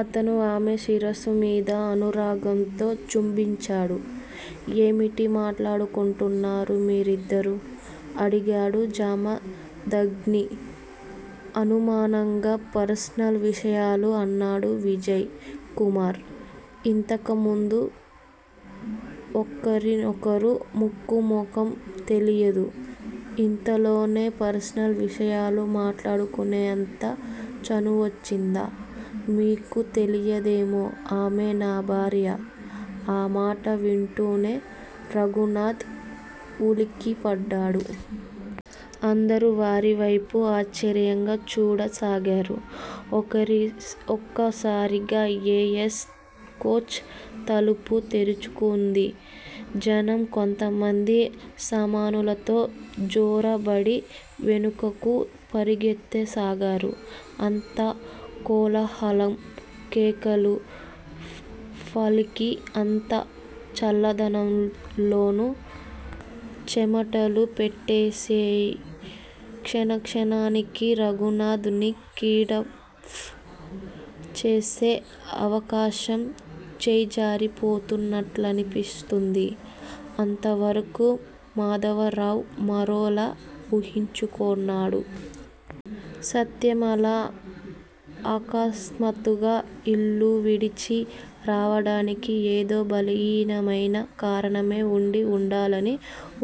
అతను ఆమె శిరస్సు మీద అనురాగంతో చుంబించాడు. ఏమిటి మాట్లాడుకుంటున్నారు మీరిద్దరూ? అడిగాడు జమదగ్ని అనుమానంగా. పర్సనల్ విషయాలు అన్నాడు విజయ్ కుమార్. ఇంతకుముందు ఒకరికొకరు ముక్కు మొఖం తెలీదు. ఇంతలోనే పర్సనల్ విషయాలు మాట్లాడుకునేంత చనువొచ్చిందా? మీకు తెలీయదేమో! ఆమె నా భార్య. ఆ మాట వింటూనే రఘునాథ్ ఉలిక్కిపడ్డాడు. అందరూ వారివేపు ఆశ్చర్యంగా చూడసాగారు. ఒక్కసారిగా ఎ. ఎస్. కోచ్ తలుపు తెరుచుకుంది. జనం కొంతమంది సామానులతో జొరబడి వెనుకకు పరుగెత్తసాగారు. అంతా కోలాహలం, కేకలు! ఫణికి అంత చల్లదనంలోనూ చెమటలు పేట్టేసాయ్. క్షణక్షణానికీ రఘునాథ్ ని కిడ్నాప్ చేసే అవకాశం చేయిజారిపోతున్నట్లనిపిస్తూంది. అంతవరకూ మాధవరావు మరోలా ఊహించుకొన్నాడు. సత్యం అలా అకస్మాత్తుగా ఇల్లువిడిచి రావటానికి ఏదో బలీయమైన కారణమే ఉండి ఉండాలని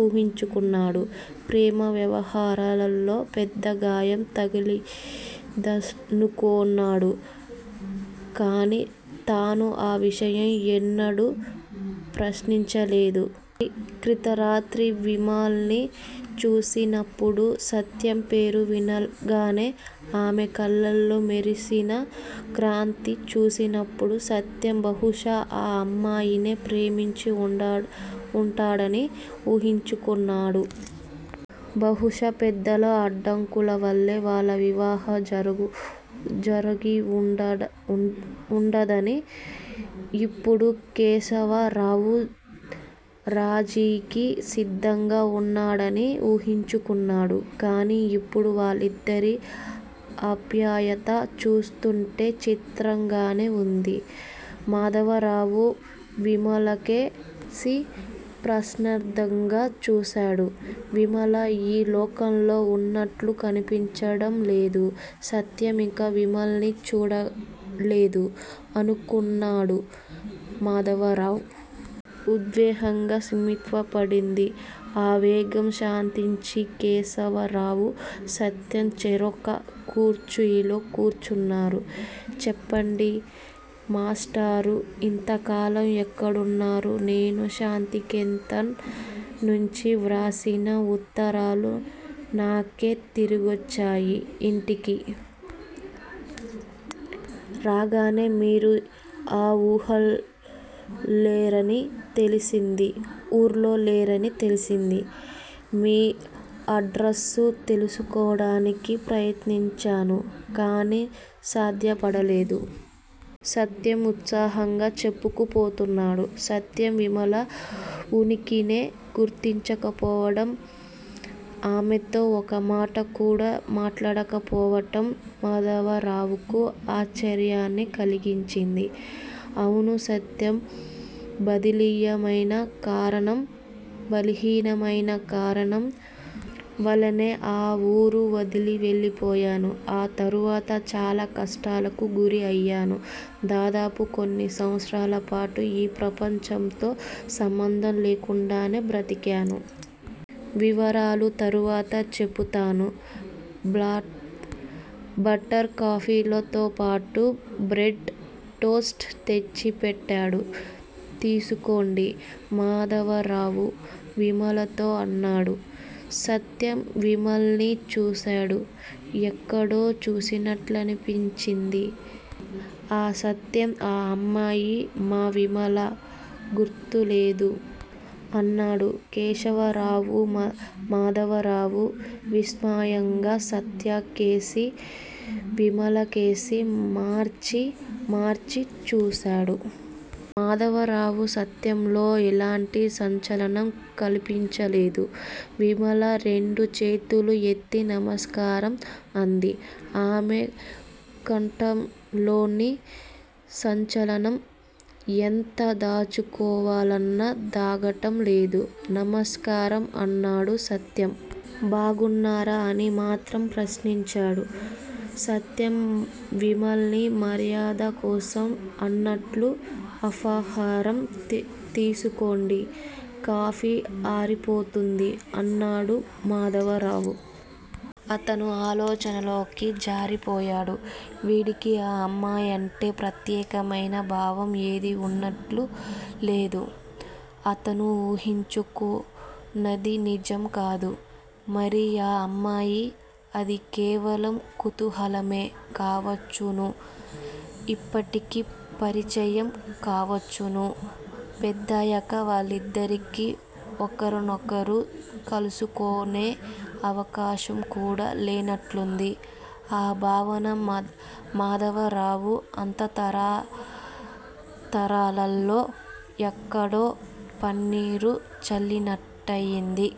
ఊహించుకున్నాడు. ప్రేమ వ్యవహారంలో పెద్ద గాయం తగిలిందనుకొన్నాడు. కాని తాను ఆ విషయం ఎన్నడూ ప్రశ్నించలేదు. క్రితంరాత్రి విమల్ని చూసినప్పుడు, సత్యం పేరు వినగానే ఆమె కళ్ళలో మెరిసిన కాంతిని చూసినప్పుడు సత్యం బహుశా ఆ అమ్మాయినే ప్రేమించి ఉంటాడని ఊహించుకున్నాడు. బహుశా పెద్దల అడ్డంకులవల్లే వాళ్ళ వివాహం జరిగివుండదనీ, ఇప్పుడు కేశవరావు రాజీకి సిద్దంగా ఉన్నాడనీ ఊహించుకున్నాడు. కాని ఇప్పుడు వాళ్ళిద్దరి ఆప్యాయతా చూస్తుంటే చిత్రంగానే ఉంది. మాధవరావు విమలకేసి ప్రశ్నార్ధకంగా చూశాడు. విమల ఈ లోకంలో ఉన్నట్లు కనిపించడంలేదు. సత్యం ఇంకా విమల్ని చూడలేదు అనుకొన్నాడు మాధవరావు. ఉద్వేహంగ స్థిమితపడింది. ఆ వేగం శాంతించింది. కేశవరావూ సత్యం చెరొక కుర్చీలో కూర్చున్నారు. చెప్పండి మాష్టారూ! ఇంతకాలం ఎక్కడున్నారు? నేను శాంతినికేతన్ నుంచి వ్రాసిన ఉత్తరాలు నాకే తిరిగొచ్చాయి. ఇంటికి రాగానే మీరు ఆ ఊళ్లోలేరని తెలిసింది. మీ అడ్రసు తెలుసుకోవటానికి ప్రయత్నించాను. కాని సాధ్యపడలేదు. సత్యం ఉత్సాహంగా చెప్పుకుపోతున్నాడు. సత్యం విమల ఉనికినే గుర్తించకపోవడం, ఆమెతో ఒక్కమాట కూడా మాట్లాడకపోవటం మాధవరావుకు ఆశ్చర్యాన్ని కలిగించింది. అవును సత్యం! బలీహీనమైన కారణం వల్లనే ఆ ఊరు వదిలి వెళ్ళిపోయాను. ఆ తర్వాత చాలా కష్టాలకు గురి అయ్యాను. దాదాపు కొన్ని సంవత్సరాలపాటు ఈ ప్రపంచంతో సంబంధం లేకుండానే బ్రతికాను. వివరాలు తర్వాత చెబుతాను. బటర్ కాఫీలతోపాటు బ్రడ్ టోస్ట్ తెచ్చిపెట్టాడు. తీసుకోండి. మాధవరావు విమలతో అన్నాడు. సత్యం విమల్ని చూశాడు. ఎక్కడో చూసినట్లనిపించింది. ఆఁ సత్యం! ఆ అమ్మాయి మా విమల. గుర్తులేదూ? అన్నాడు కేశవరావు. మాధవరావు విస్మయంగా సత్యకేసీ, విమలకేసీ మార్చి మార్చి చూశాడు. మాధవరావు సత్యంలో ఎలాంటి సంచలనం కన్పించలేదు. విమల రెండు చేతులూ ఎత్తి నమస్కారం అంది. ఆమె కంఠంలోని సంచలనం ఎంత దాచుకోవాలన్నా దాగటం లేదు. నమస్కారం! అన్నాడు సత్యం. బాగున్నారా? అని మాత్రం ప్రశ్నించాడు సత్యం విమల్ని మర్యాదకోసం అన్నట్లు. ఫలహారం తీసుకోండి, కాఫీ ఆరిపోతుంది అన్నాడు మాధవరావు. అతను ఆలోచనల్లోకి జారిపోయాడు. వీడికి ఆ అమ్మాయంటే ప్రత్యేకమైన భావం ఏదీ ఉన్నట్టు లేదు. అతను ఊహించుకొన్నది నిజం కాదు. మరి ఆ అమ్మాయి? అది కేవలం కుతూహలమే కావచ్చును. ఇప్పటికి పరిచయం కావచ్చును. పెద్దయాక వాళ్ళిద్దరికీ ఒకర్నొకరు కలుసుకొనే అవకాశంకూడా లేనట్టుంది. ఆ భావన మాధవరావు అంతరాంతరాల్లో ఎక్కడో పన్నీరు చల్లినట్టయింది.